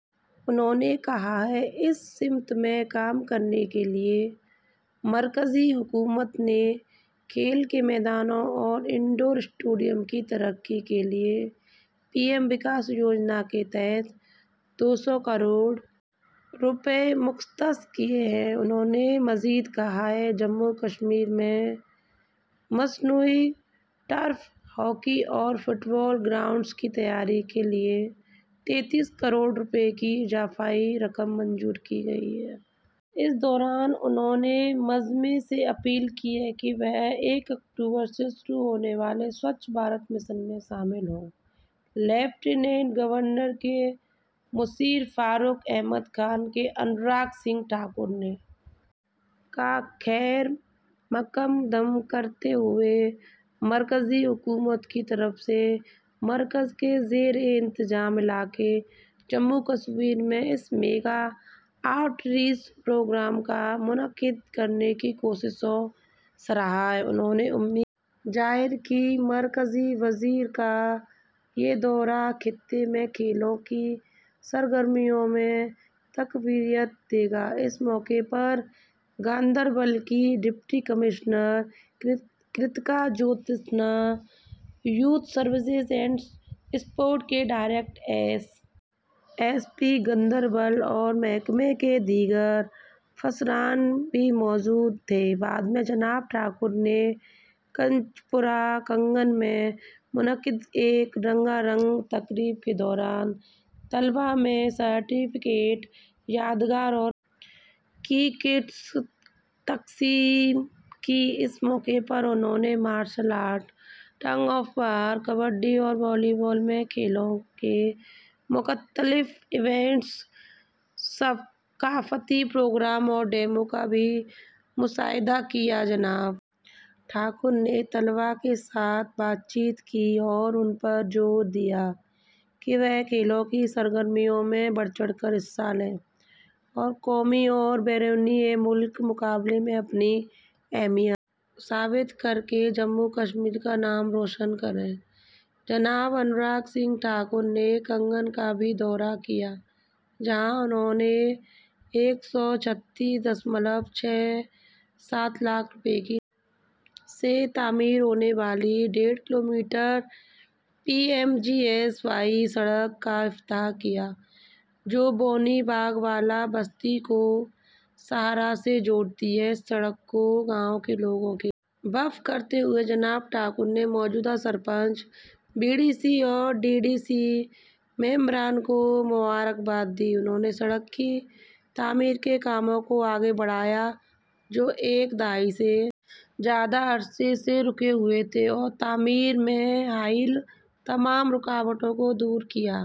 انہوں نے کہا کہ اس سمت میں کام کرنے کے لیے مرکزی حکومت نے کھیل کے میدانوں اور انڈور اسٹیڈیم کی ترقی کے لیے پی ایم وکاس یوجنا کے تحت دو سو کروڑ روپے مختص کیے ہیں انہوں نے مزید کہا کہ جموں و کشمیر میں مصنوعی ٹرف ہاکی اور فٹبال گراؤنڈز کی تیاری کے لیے تینتیس کروڑ روپے کی اضافی رقم منظور کی گئی ہے اس دوران انہوں نے مجمع سے اپیل کی کہ وہ یکم اکتوبر سے شروع ہونے والے سوچھ بھارت مشن میں شامل ہوں لیفٹیننٹ گورنر کے مشیر فاروق احمد خان نے انوراگ سنگھ ٹھاکر کا خیرمقدم کرتے ہوئے مرکزی حکومت کی طرف سے مرکز کے زیر انتظام علاقے جموں و کشمیر میں اس میگا آؤٹ ریچ پروگرام کو منعقد کرنے کی کوششوں کو سراہا انہوں نے امید ظاہر کی کہ مرکزی وزیر کا یہ دورہ خطے میں کھیلوں کی سرگرمیوں کو تقویت دے گا اس موقع پر گاندربل کی deputy commissioner Kritika Jyotsna youth services and sports کے director S S P Ganderbal اور محکمہ کے دیگر افسران بھی موجود تھے بعد میں جناب ٹھاکر نے کچ پورہ کنگن میں منعقدہ ایک رنگا رنگ تقریب کے دوران طلباء میں سرٹیفکیٹ یادگار اور کھیلوں کی کٹس تقسیم کیں اس موقع پر انہوں نے martial arts tug of war kabaddi اور والی بال میں کھیلوں کے مختلف ایونٹس کے ثقافتی پروگرام اور ڈیمو کا بھی مشاہدہ کیا جناب ٹھاکر نے طلباء کے ساتھ بات چیت کی اور ان پر زور دیا کہ وہ کھیلوں کی سرگرمیوں میں بڑھ چڑھ کر حصہ لیں اور قومی اور بین الاقوامی مقابلوں میں اپنی اہمیت ثابت کر کے جموں و کشمیر کا نام روشن کریں جناب انوراگ سنگھ ٹھاکر نے کنگن کا بھی دورہ کیا جہاں انہوں نے ایک سو چھتیس اشاریہ چھ سات لاکھ روپے کی لاگت سے تعمیر ہونے والی ڈیڑھ kilometre P M G S Y سڑک کا افتتاح کیا جو بونی باغ بالا بستی کو شاہراہ سے جوڑتی ہے اس سڑک کو گاؤں کے لوگوں کے لیے وقف کرتے ہوئے جناب ٹھاکر نے موجودہ سرپنچ بی ڈی سی اور ڈی ڈی سی ممبران کو مبارکباد دی جنہوں نے سڑک کی تعمیر کے کاموں کو آگے بڑھایا جو ایک دہائی سے زیادہ عرصے سے رکے ہوئے تھے اور تعمیر میں حائل تمام رکاوٹوں کو دور کیا